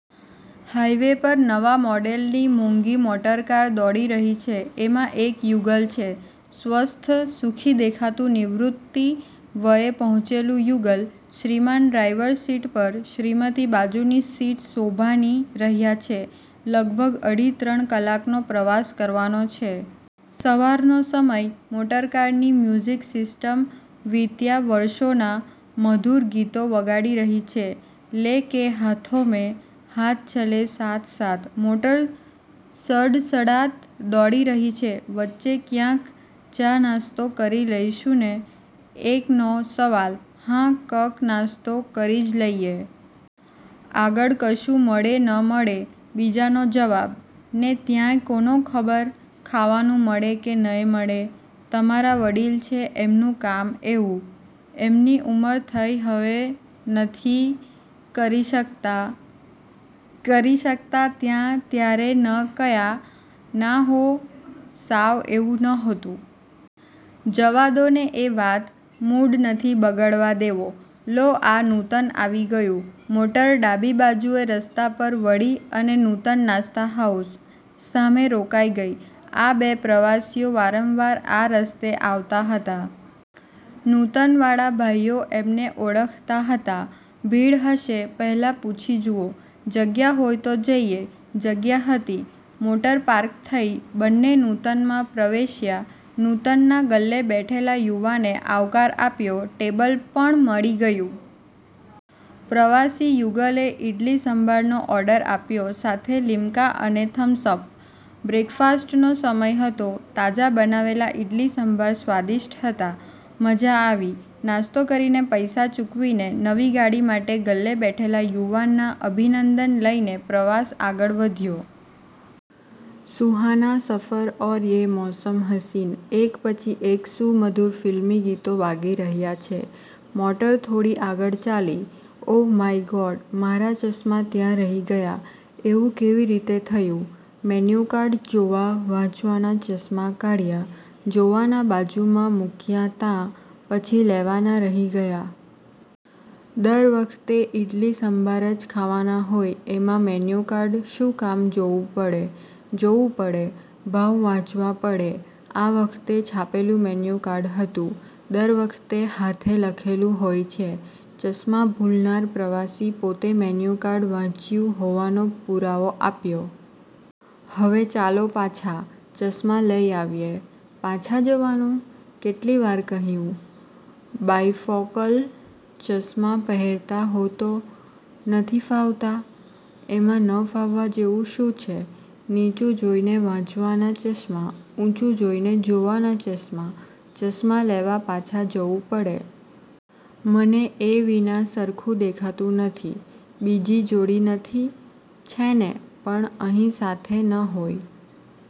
Highway પર નવા મોડેલની મોંઘી મોટરકાર દોડી રહી છે. એમાં એક યુગલ છે. સ્વસ્થ, સુખી દેખાતું નિવૃત્તિ વયે પહોંચેલું યુગલ. શ્રીમાન ડ્રાઈવરસીટ પર, શ્રીમતી બાજુની સીટ શોભાવી રહ્યાં છે. લગભગ અઢી-ત્રણ કલાકનો પ્રવાસ કરવાનો છે. સવારનો સમય, મોટરકારની મ્યુઝિક સિસ્ટમ વીત્યા વર્ષોનાં મધુર ગીતો વગાડી રહી છે. 'લે કે હાથોમેં હાથ ચલે સાથ-સાથ,' મોટર સડસડાટ દોડી રહી છે. "વચ્ચે ક્યાંક ચાનાસ્તો કરી લઈશું ને?" એકનો સવાલ. "હા કંક નાસ્તો કરી જ લઈએ. આગળ કશું મળે ન મળે." બીજાનો જવાબ. "ને ત્યાંય કોને ખબર, ખાવાનું મળે કે નયે મળે. તમારા વડીલ છે. એમનું કામ એવું." "એમની ઉમર થઈ હવે નથી કરી શકતાં." "કરી શકતાં'તાં ત્યારે ય ક્યાં" "ના હોં, સાવ એવું નહોતું." "જવા દો ને એ વાત, મૂડ નથી બગડવા દેવો. લો આ 'નૂતન' આવી ગયું." મોટર ડાબી બાજુએ રસ્તા પર વળી અને 'નૂતન નાસ્તા હાઉસ' સામે રોકાઈ ગઈ. આ બે પ્રવાસીઓ વારંવાર આ રસ્તે આવતાં હતા. 'નૂતન' વાળા ભાઈઓ એમને ઓળખતા હતા. "ભીડ હશે, પહેલાં પૂછી જુઓ. જગ્યા હોય તો જઈએ." જગ્યા હતી. મોટર પાર્ક થઈ. બન્ને 'નૂતન' માં પ્રવેશ્યા. 'નૂતન' ના ગલ્લે બેઠેલા યુવાને આવકાર આપ્યો. ટેબલ પણ મળી ગયું. પ્રવાસી યુગલે ઈડલી સંભારનો ઓર્ડર આપ્યો સાથે લિમ્કા અને થમ્સઅપ. બ્રેકફાસ્ટનો સમય હતો. તાજા બનાવેલાં ઈડલી સંભાર સ્વાદિષ્ટ હતા. મજા આવી. નાસ્તો કરીને પૈસા ચૂકવીને, નવી ગાડી માટે ગલ્લે બેઠેલા યુવાનના અભિનંદન લઈને પ્રવાસ આગળ વધ્યો. "સુહાના સફર ઔર યે મૌસમ હસીન" એક પછી એક સુમધુર ફિલ્મી ગીતો વાગી રહ્યા છે. મોટર થોડી આગળ ચાલી. "ઓહ માય ગોડ, મારા ચશ્મા ત્યાં રહી ગયાં." "એવું કેવી રીતે થયું?" "મેન્યુકાર્ડ જોવા વાંચવાના ચશ્મા કાઢ્યા, જોવાના બાજુમાં મૂક્યા'તા, પછી લેવાના રહી ગયાં." "દર વખતે ઇડલી સંભાર જ ખાવાના હોય એમાં મેન્યુકાર્ડ શું કામ જોવું પડે?" "જોવું પડે. ભાવ વાંચવા પડે. આ વખતે છાપેલું મેન્યુકાર્ડ હતું. દર વખતે હાથે લખેલું હોય છે." ચશ્મા ભૂલનાર પ્રવાસી પોતે મેન્યુકાર્ડ વાંચ્યું હોવાનો પુરાવો આપ્યો. "હવે ચાલો પાછા, ચશ્મા લઇ આવીએ." "પાછા જવાનું?" "કેટલી વાર કહ્યું. બાયફોકલ ચશ્મા પહેરતા હો તો?" "નથી ફાવતા." "એમાં ન ફાવવા જેવું શું છે? નીચું જોઇને વાંચવાના ચશ્મા, ઊંચુ જોઇને જોવાના ચશ્મા." "ચશ્મા લેવા પાછા જવું પડે. મને એ વિના સરખું દેખાતું નથી." "બીજી જોડી નથી?" "છે ને, પણ અહીં સાથે ન હોય